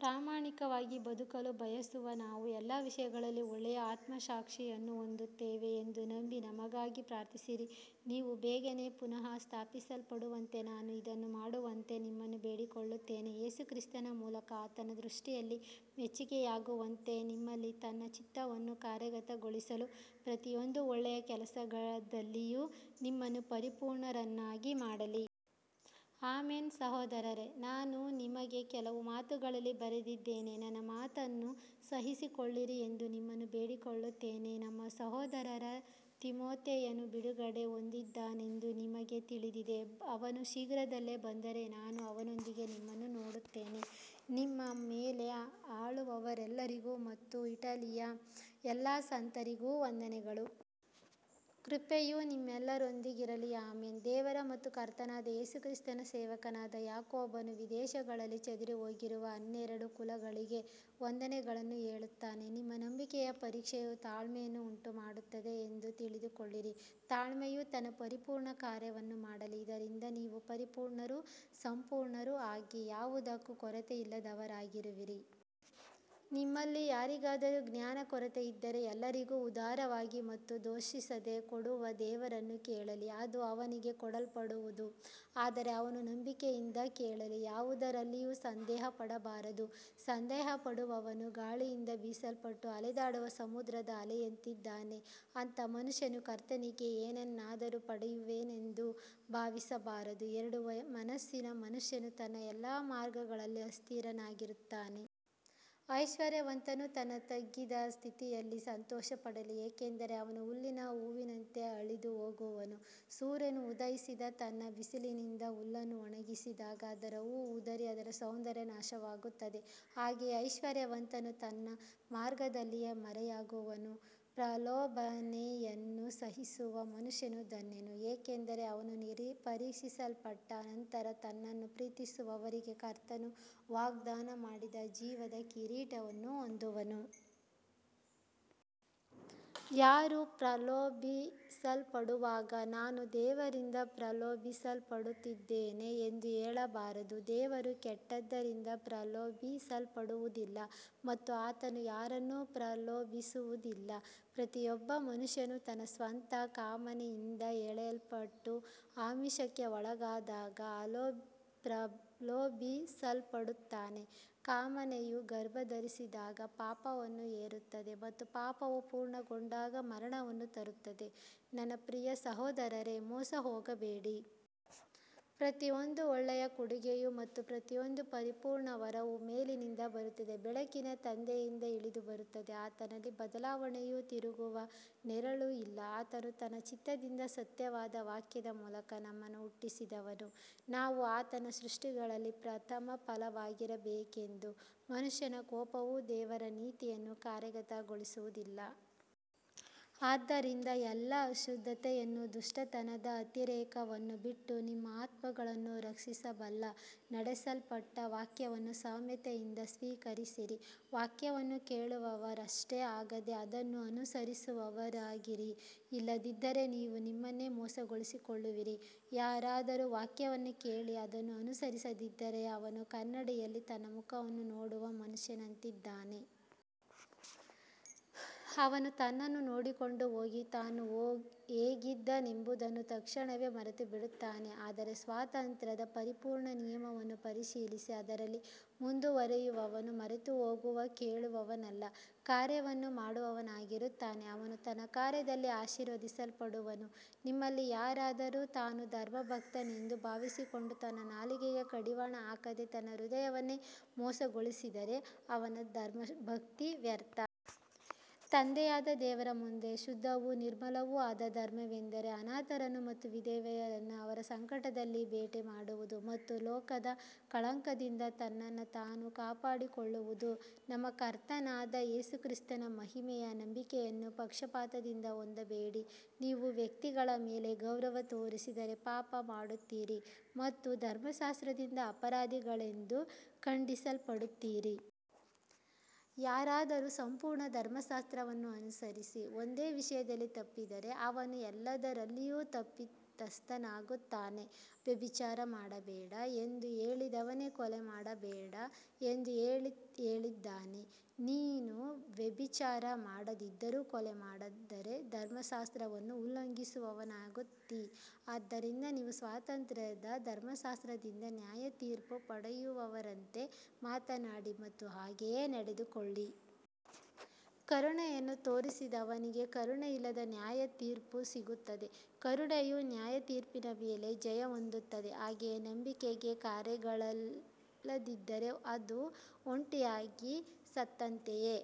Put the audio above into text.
ಪ್ರಾಮಾಣಿಕವಾಗಿ ಬದುಕಲು ಬಯಸುವ ನಾವು ಎಲ್ಲ ವಿಷಯಗಳಲ್ಲಿ ಒಳ್ಳೆಯ ಆತ್ಮಸಾಕ್ಷಿಯನ್ನು ಹೊಂದಿದ್ದೇವೆ ಎಂದು ನಂಬಿ ನಮಗಾಗಿ ಪ್ರಾರ್ಥಿಸಿರಿ. ನೀವು ಬೇಗನೆ ಪುನಃಸ್ಥಾಪಿಸಲ್ಪಡುವಂತೆ ನಾನು ಇದನ್ನು ಮಾಡುವಂತೆ ನಿಮ್ಮನ್ನು ಬೇಡಿಕೊಳ್ಳುತ್ತೇನೆ. ಯೇಸು ಕ್ರಿಸ್ತನ ಮೂಲಕ ಆತನ ದೃಷ್ಟಿಯಲ್ಲಿ ಮೆಚ್ಚಿಕೆಯಾಗುವಂತೆ ನಿಮ್ಮಲ್ಲಿ ತನ್ನ ಚಿತ್ತವನ್ನು ಕಾರ್ಯಗತಗೊಳಿಸಲು ಪ್ರತಿಯೊಂದು ಒಳ್ಳೆಯ ಕೆಲಸದಲ್ಲಿಯೂ ನಿಮ್ಮನ್ನು ಪರಿಪೂರ್ಣರನ್ನಾಗಿ ಮಾಡಲಿ. ಆಮೆನ್. ಸಹೋದರರೇ, ನಾನು ನಿಮಗೆ ಕೆಲವು ಮಾತುಗಳಲ್ಲಿ ಬರೆದಿದ್ದೇನೆ, ನನ್ನ ಮಾತನ್ನು ಸಹಿಸಿಕೊಳ್ಳಿರಿ ಎಂದು ನಿಮ್ಮನ್ನು ಬೇಡಿಕೊಳ್ಳುತ್ತೇನೆ. ನಮ್ಮ ಸಹೋದರ ತಿಮೊಥೆಯನು ಬಿಡುಗಡೆ ಹೊಂದಿದ್ದಾನೆಂದು ನಿಮಗೆ ತಿಳಿದಿದೆ. ಅವನು ಶೀಘ್ರದಲ್ಲೇ ಬಂದರೆ ನಾನು ಅವನೊಂದಿಗೆ ನಿಮ್ಮನ್ನು ನೋಡುತ್ತೇನೆ. ನಿಮ್ಮ ಮೇಲೆ ಆಳುವವರೆಲ್ಲರಿಗೂ ಮತ್ತು ಇಟಲಿಯ ಎಲ್ಲಾ ಸಂತರಿಗೂ ವಂದನೆಗಳು. ಕೃಪೆಯು ನಿಮ್ಮೆಲ್ಲರೊಂದಿಗಿರಲಿ. ಆಮೆನ್. ದೇವರ ಮತ್ತು ಕರ್ತನಾದ ಯೇಸು ಕ್ರಿಸ್ತನ ಸೇವಕನಾದ ಯಾಕೋಬನು ವಿದೇಶಗಳಲ್ಲಿ ಚದರಿಹೋಗಿರುವ ಹನ್ನೆರಡು ಕುಲಗಳಿಗೆ ವಂದನೆಗಳನ್ನು ಹೇಳುತ್ತಾನೆ. ನಿಮ್ಮ ನಂಬಿಕೆಯ ಪರೀಕ್ಷೆಯು ತಾಳ್ಮೆಯನ್ನು ಉಂಟುಮಾಡುತ್ತದೆ ಎಂದು ತಿಳಿದುಕೊಳ್ಳಿರಿ. ತಾಳ್ಮೆಯು ತನ್ನ ಪರಿಪೂರ್ಣ ಕಾರ್ಯವನ್ನು ಮಾಡಲಿ, ಇದರಿಂದ ನೀವು ಪರಿಪೂರ್ಣರೂ ಸಂಪೂರ್ಣರೂ ಆಗಿ ಯಾವುದಕ್ಕೂ ಕೊರತೆಯಿಲ್ಲದವರಾಗಿರುವಿರಿ. ನಿಮ್ಮಲ್ಲಿ ಯಾರಿಗಾದರೂ ಜ್ಞಾನ ಕೊರತೆಯಿದ್ದರೆ ಎಲ್ಲರಿಗೂ ಉದಾರವಾಗಿ ಮತ್ತು ದೂಷಿಸದೆ ಕೊಡುವ ದೇವರನ್ನು ಕೇಳಲಿ, ಅದು ಅವನಿಗೆ ಕೊಡಲ್ಪಡುವುದು. ಆದರೆ ಅವನು ನಂಬಿಕೆಯಿಂದ ಕೇಳಲಿ, ಯಾವುದರಲ್ಲಿಯೂ ಸಂದೇಹಪಡಬಾರದು. ಸಂದೇಹಪಡುವವನು ಗಾಳಿಯಿಂದ ಬೀಸಲ್ಪಟ್ಟು ಅಲೆದಾಡುವ ಸಮುದ್ರದ ಅಲೆಯಂತಿದ್ದಾನೆ. ಅಂಥ ಮನುಷ್ಯನು ಕರ್ತನಿಂದ ಏನನ್ನಾದರೂ ಪಡೆಯುವೆನೆಂದು ಭಾವಿಸಬಾರದು. ಎರಡು ಮನಸ್ಸಿನ ಮನುಷ್ಯನು ತನ್ನ ಎಲ್ಲಾ ಮಾರ್ಗಗಳಲ್ಲಿ ಅಸ್ಥಿರನಾಗಿರುತ್ತಾನೆ. ಐಶ್ವರ್ಯವಂತನು ತನ್ನ ತಗ್ಗಿದ ಸ್ಥಿತಿಯಲ್ಲಿ ಸಂತೋಷಪಡಲಿ, ಏಕೆಂದರೆ ಅವನು ಹುಲ್ಲಿನ ಹೂವಿನಂತೆ ಅಳಿದುಹೋಗುವನು. ಸೂರ್ಯನು ಉದಯಿಸಿ ತನ್ನ ಬಿಸಿಲಿನಿಂದ ಹುಲ್ಲನ್ನು ಒಣಗಿಸಿದಾಗ ಅದರ ಹೂವು ಉದುರಿ ಅದರ ಸೌಂದರ್ಯ ನಾಶವಾಗುತ್ತದೆ. ಹಾಗೆಯೇ ಐಶ್ವರ್ಯವಂತನು ತನ್ನ ಮಾರ್ಗದಲ್ಲಿಯೇ ಮರೆಯಾಗುವನು. ಪ್ರಲೋಭನೆಯನ್ನು ಸಹಿಸುವ ಮನುಷ್ಯನು ಧನ್ಯನು, ಏಕೆಂದರೆ ಅವನು ಪರೀಕ್ಷಿಸಲ್ಪಟ್ಟ ನಂತರ ತನ್ನನ್ನು ಪ್ರೀತಿಸುವವರಿಗೆ ಕರ್ತನು ವಾಗ್ದಾನ ಮಾಡಿದ ಜೀವದ ಕಿರೀಟವನ್ನು ಹೊಂದುವನು. ಯಾರೂ ಪ್ರಲೋಭಿಸಲ್ಪಡುವಾಗ ನಾನು ದೇವರಿಂದ ಪ್ರಲೋಭಿಸಲ್ಪಡುತ್ತಿದ್ದೇನೆ ಎಂದು ಹೇಳಬಾರದು. ದೇವರು ಕೆಟ್ಟದ್ದರಿಂದ ಪ್ರಲೋಭಿಸಲ್ಪಡುವುದಿಲ್ಲ ಮತ್ತು ಆತನು ಯಾರನ್ನೂ ಪ್ರಲೋಭಿಸುವುದಿಲ್ಲ. ಪ್ರತಿಯೊಬ್ಬ ಮನುಷ್ಯನು ತನ್ನ ಸ್ವಂತ ಕಾಮನೆಯಿಂದ ಎಳೆಯಲ್ಪಟ್ಟು ಆಮಿಷಕ್ಕೆ ಒಳಗಾದಾಗ ಪ್ರಲೋಭಿಸಲ್ಪಡುತ್ತಾನೆ. ಕಾಮನೆಯು ಗರ್ಭಧರಿಸಿದಾಗ ಪಾಪವನ್ನು ಹೆರುತ್ತದೆ ಮತ್ತು ಪಾಪವು ಪೂರ್ಣಗೊಂಡಾಗ ಮರಣವನ್ನು ತರುತ್ತದೆ. ನನ್ನ ಪ್ರಿಯ ಸಹೋದರರೇ, ಮೋಸಹೋಗಬೇಡಿ. ಪ್ರತಿಯೊಂದು ಒಳ್ಳೆಯ ಕೊಡುಗೆಯೂ ಮತ್ತು ಪ್ರತಿಯೊಂದು ಪರಿಪೂರ್ಣ ವರವೂ ಮೇಲಿನಿಂದ ಬರುತ್ತದೆ, ಬೆಳಕಿನ ತಂದೆಯಿಂದ ಇಳಿದುಬರುತ್ತದೆ. ಆತನಲ್ಲಿ ಬದಲಾವಣೆಯೂ ತಿರುಗುವ ನೆರಳೂ ಇಲ್ಲ. ಆತನು ತನ್ನ ಚಿತ್ತದಿಂದ ಸತ್ಯದ ವಾಕ್ಯದ ಮೂಲಕ ನಮ್ಮನ್ನು ಹುಟ್ಟಿಸಿದನು, ನಾವು ಆತನ ಸೃಷ್ಟಿಗಳಲ್ಲಿ ಪ್ರಥಮಫಲವಾಗಿರಬೇಕೆಂದು. ಮನುಷ್ಯನ ಕೋಪವು ದೇವರ ನೀತಿಯನ್ನು ಕಾರ್ಯಗತಗೊಳಿಸುವುದಿಲ್ಲ. ಆದ್ದರಿಂದ ಎಲ್ಲಾ ಅಶುದ್ಧತೆಯನ್ನೂ ದುಷ್ಟತನದ ಅತಿರೇಕವನ್ನೂ ಬಿಟ್ಟು ನಿಮ್ಮ ಆತ್ಮಗಳನ್ನು ರಕ್ಷಿಸಬಲ್ಲ ನೆಡಲ್ಪಟ್ಟ ವಾಕ್ಯವನ್ನು ಸೌಮ್ಯತೆಯಿಂದ ಸ್ವೀಕರಿಸಿರಿ. ವಾಕ್ಯವನ್ನು ಕೇಳುವವರಷ್ಟೇ ಆಗದೆ ಅದನ್ನು ಅನುಸರಿಸುವವರಾಗಿರಿ, ಇಲ್ಲದಿದ್ದರೆ ನೀವು ನಿಮ್ಮನ್ನೇ ಮೋಸಗೊಳಿಸಿಕೊಳ್ಳುವಿರಿ. ಯಾರಾದರೂ ವಾಕ್ಯವನ್ನು ಕೇಳಿ ಅದನ್ನು ಅನುಸರಿಸದಿದ್ದರೆ ಅವನು ಕನ್ನಡಿಯಲ್ಲಿ ತನ್ನ ಮುಖವನ್ನು ನೋಡುವ ಮನುಷ್ಯನಂತಿದ್ದಾನೆ. ಅವನು ತನ್ನನ್ನು ನೋಡಿಕೊಂಡು ಹೋಗಿ ತಾನು ಹೇಗಿದ್ದನೆಂಬುದನ್ನು ತಕ್ಷಣವೇ ಮರೆತುಬಿಡುತ್ತಾನೆ. ಆದರೆ ಸ್ವಾತಂತ್ರ್ಯದ ಪರಿಪೂರ್ಣ ನಿಯಮವನ್ನು ಪರಿಶೀಲಿಸಿ ಅದರಲ್ಲಿ ಮುಂದುವರಿಯುವವನು ಮರೆತುಹೋಗುವ ಕೇಳುವವನಲ್ಲ, ಕಾರ್ಯವನ್ನು ಮಾಡುವವನಾಗಿರುತ್ತಾನೆ. ಅವನು ತನ್ನ ಕಾರ್ಯದಲ್ಲಿ ಆಶೀರ್ವದಿಸಲ್ಪಡುವನು. ನಿಮ್ಮಲ್ಲಿ ಯಾರಾದರೂ ತಾನು ಧರ್ಮಭಕ್ತನೆಂದು ಭಾವಿಸಿಕೊಂಡು ತನ್ನ ನಾಲಿಗೆಗೆ ಕಡಿವಾಣ ಹಾಕದೆ ತನ್ನ ಹೃದಯವನ್ನೇ ಮೋಸಗೊಳಿಸಿದರೆ ಅವನ ಧರ್ಮಭಕ್ತಿ ವ್ಯರ್ಥ. ತಂದೆಯಾದ ದೇವರ ಮುಂದೆ ಶುದ್ಧವೂ ನಿರ್ಮಲವೂ ಆದ ಧರ್ಮವೆಂದರೆ ಅನಾಥರನ್ನು ಮತ್ತು ವಿಧವೆಯರನ್ನು ಅವರ ಸಂಕಟದಲ್ಲಿ ಭೇಟಿಮಾಡುವುದು ಮತ್ತು ಲೋಕದ ಕಳಂಕದಿಂದ ತನ್ನನ್ನು ತಾನು ಕಾಪಾಡಿಕೊಳ್ಳುವುದು. ನಮ್ಮ ಕರ್ತನಾದ ಯೇಸು ಕ್ರಿಸ್ತನ ಮಹಿಮೆಯ ನಂಬಿಕೆಯನ್ನು ಪಕ್ಷಪಾತದಿಂದ ಹೊಂದಬೇಡಿ. ನೀವು ವ್ಯಕ್ತಿಗಳ ಮೇಲೆ ಗೌರವ ತೋರಿಸಿದರೆ ಪಾಪ ಮಾಡುತ್ತೀರಿ ಮತ್ತು ಧರ್ಮಶಾಸ್ತ್ರದಿಂದ ಅಪರಾಧಿಗಳೆಂದು ಖಂಡಿಸಲ್ಪಡುತ್ತೀರಿ. ಯಾರಾದರೂ ಸಂಪೂರ್ಣ ಧರ್ಮಶಾಸ್ತ್ರವನ್ನು ಅನುಸರಿಸಿ ಒಂದೇ ವಿಷಯದಲ್ಲಿ ತಪ್ಪಿದರೆ ಅವನು ಎಲ್ಲದರಲ್ಲಿಯೂ ತಪ್ಪಿತಸ್ಥನಾಗುತ್ತಾನೆ. ವ್ಯಭಿಚಾರ ಮಾಡಬೇಡ ಎಂದು ಹೇಳಿದವನೇ ಕೊಲೆ ಮಾಡಬೇಡ ಎಂದೂ ಹೇಳಿದ್ದಾನೆ. ನೀನು ವ್ಯಭಿಚಾರ ಮಾಡದಿದ್ದರೂ ಕೊಲೆ ಮಾಡಿದರೆ ಧರ್ಮಶಾಸ್ತ್ರವನ್ನು ಉಲ್ಲಂಘಿಸುವವನಾಗುತ್ತೀ. ಆದ್ದರಿಂದ ನೀವು ಸ್ವಾತಂತ್ರ್ಯದ ಧರ್ಮಶಾಸ್ತ್ರದಿಂದ ನ್ಯಾಯತೀರ್ಪು ಪಡೆಯುವವರಂತೆ ಮಾತನಾಡಿ ಮತ್ತು ಹಾಗೆಯೇ ನಡೆದುಕೊಳ್ಳಿರಿ. ಕರುಣೆಯನ್ನು ತೋರಿಸದವನಿಗೆ ಕರುಣೆಯಿಲ್ಲದ ನ್ಯಾಯತೀರ್ಪು ಸಿಗುತ್ತದೆ. ಕರುಣೆಯು ನ್ಯಾಯತೀರ್ಪಿನ ಮೇಲೆ ಜಯ ಹೊಂದುತ್ತದೆ. ಹಾಗೆಯೇ ನಂಬಿಕೆಗೆ ಕಾರ್ಯಗಳಿಲ್ಲದಿದ್ದರೆ ಅದು ಒಂಟಿಯಾಗಿ ಸತ್ತಂತೆಯೇ.